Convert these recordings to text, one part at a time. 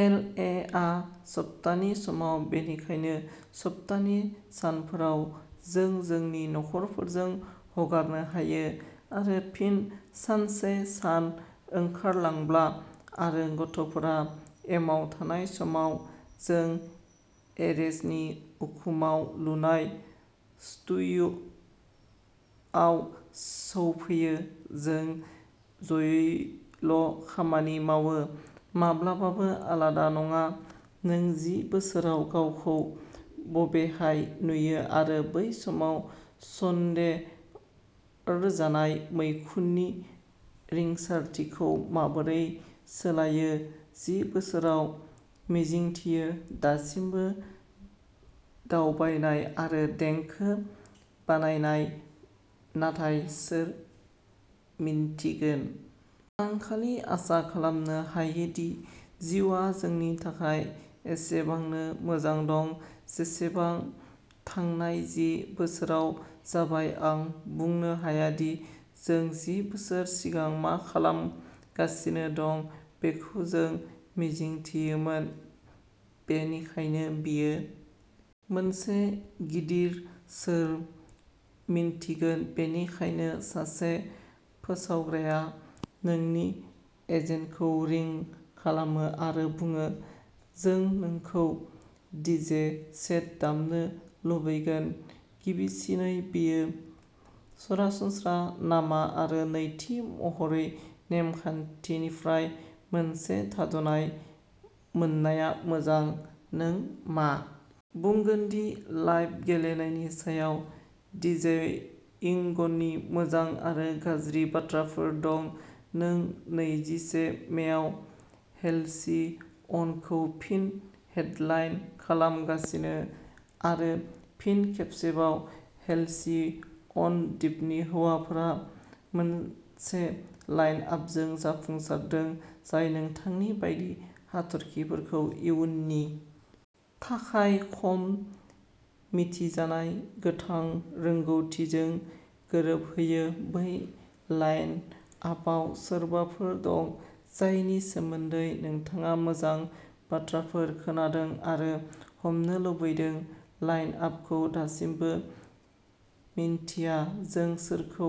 L A आ सप्तानि समाव बेनिखायनो सप्तानि सानफोराव जों जोंनि नखरफोरजों हगारनो हायो आरो फिन सानसे सान ओंखारलांब्ला आरो गथ'फोरा एमाव थानाय समाव जों एरेजनि उखुमाव लुनाय स्टुडिय'आव सौफैयो जों जयैल खामानि मावो माब्लाबाबो आलादा नङा नों जि बोसोराव गावखौ बबेहाय नुयो आरो बै समाव सन्देरजानाय मैखुननि रिंसारथिखौ माबोरै सोलायो जि बोसोराव मिजिंथियो दासिमबो दावबायनाय आरो देंखो बानायनाय नाथाय सोर मिन्थिगोन! आं खालि आसा खालामनो हायो दि जिउआ जोंनि थाखाय एसेबांनो मोजां दं जेसेबां थांनाय जि बोसोराव जाबाय आं बुंनो हाया दि जों जि बोसोर सिगां मा खालामगासिनो दं बेखौ जों मिजिंथियोमोन बेनिखायनो बेयो मोनसे गिदिर'सोर मिन्थिगोन बेनिखायनो सासे फोसावग्राया नोंनि एजेन्टखौ रिं खालामो आरो बुङो जों नोंखौ डीजे सेट दामनो लुबैगोन गिबिसिनै बेयो सरासनस्रा नामा आरो नैथि महरै नेम खान्थिनिफ्राय मोनसे थाद'नाय मोननाया मोजां नों मा बुंगोन दि लाइभ गेलेनायनि सायाव डीजेइंगनि मोजां आरो गाज्रि बाथ्राफोर दं नों नैजिसे मेआव हेलसिअनखौ फिन हेडलाइन खालामगासिनो आरो फिन खेबसेबाव हेलसिअन दिपनि हौवाफोरा मोनसे लाइन आपजों जाफुंसारदों जाय नोंथांनि बायदि हाथरखिफोरखौ इयुननि थाखाय खम मिथिजानाय गोथां रोंग'थिजों गोरोबहोयो बै लाइन आपआव सोरबाफोर दं जायनि सोमोन्दै नोंथाङा मोजां बाथ्राफोर खोनादों आरो हमनो लुबैदों लाइन आपखौ दासिमबो मिन्थिया जों सोरखौ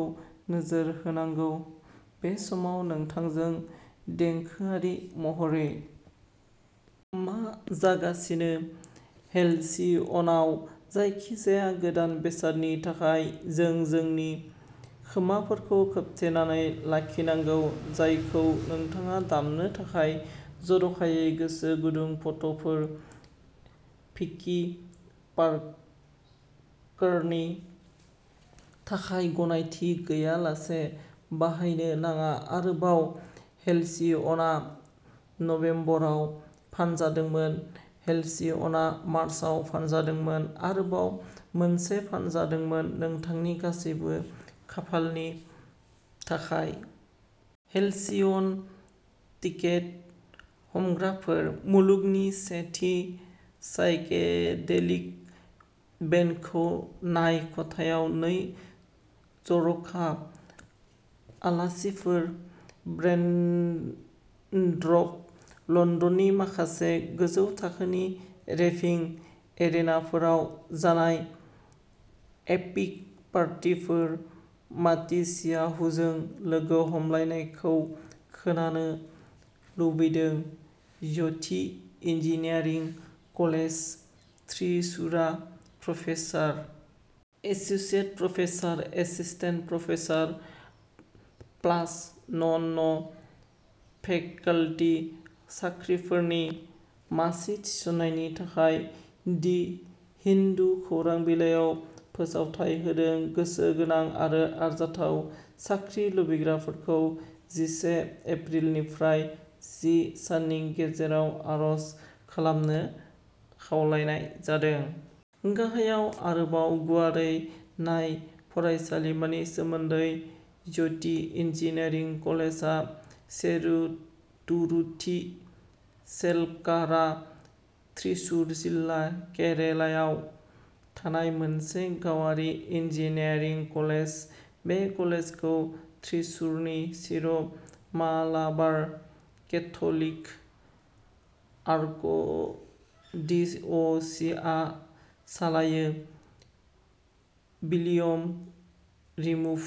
नोजोर होनांगौ बे समाव नोंथांजों देंखोआरि महरै मा जागासिनो हेलसिअनआव जायखिजाया गोदान बेसादनि थाखाय जों जोंनि खोमाफोरखौ खोबथेनानै लाखिनांगौ जायखौ नोंथाङा दामनो थाखाय जर'खायै गोसो गुदुं फट'फोर भिकि पार्कारनि थाखाय गनायथि गैयालासे बाहायनो नाङा आरोबाव हेलसिअनआ नबेम्बराव फानजादोंमोन हेलसिअनआ मार्चआव फानजादोंमोन आरोबाव मोनसे फानजादोंमोन नोंथांनि गासिबो खाफालनि थाखाय! हेलसिअन टिकेट हमग्राफोर! मुलुगनि से थि साइकेडेलिक बेन्डखौ नाय खथायाव नै जर'खा आलासिफोर ब्रेन्ड्रप लन्दननि माखासे गोजौ थाखोनि रेभिं एरेनाफोराव जानाय एपिक पार्टीफोर माटिसियाहुजों लोगो हमलायनायखौ खोनानो लुबैदों ज्य'थि इन्जिनियारिं कलेज थ्रिसुरा professor associate professor assistant professor plus non faculty साख्रिफोरनि मासि थिसननायनि थाखाय दि हिन्दु खौरां बिलाइयाव फोसावथाइ होदों गोसो गोनां आरो आरजाथाव साख्रि लुबैग्राफोरखौ जिसे एप्रिल निफ्राय जि साननि गेजेराव आर'ज खालामनो खावलायनाय जादों गाहायाव आरोबाव गुवारै नाय फरायसालिमानि सोमोन्दै ज्य'ति इन्जिनियारिं कलेजआ चेरुतुरुथि चेलक्कारा थ्रिसुर जिल्ला केरालायाव थानाय मोनसे गावारि इन्जिनियारिं कलेज बे कलेजखौ थ्रिसुरनि सिर' मालाबार केथ'लिक आर्कडिअसिसआ सालायो बिलियम रिमुभ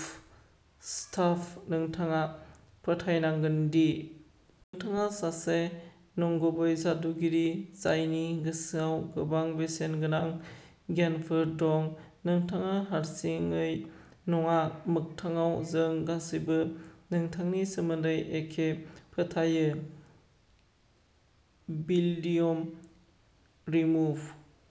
स्टाफ नोंथाङा फोथायनांगोन दि नोंथाङा सासे नंगुबै जादुगिरि जायनि गोसोआव गोबां बेसेनगोनां गियानफोर दं नोंथाङा हारसिङै नङा मोगथाङाव जों गासैबो बिथांनि सोमोन्दै एखे फोथायो बिल्डियम रिमुभ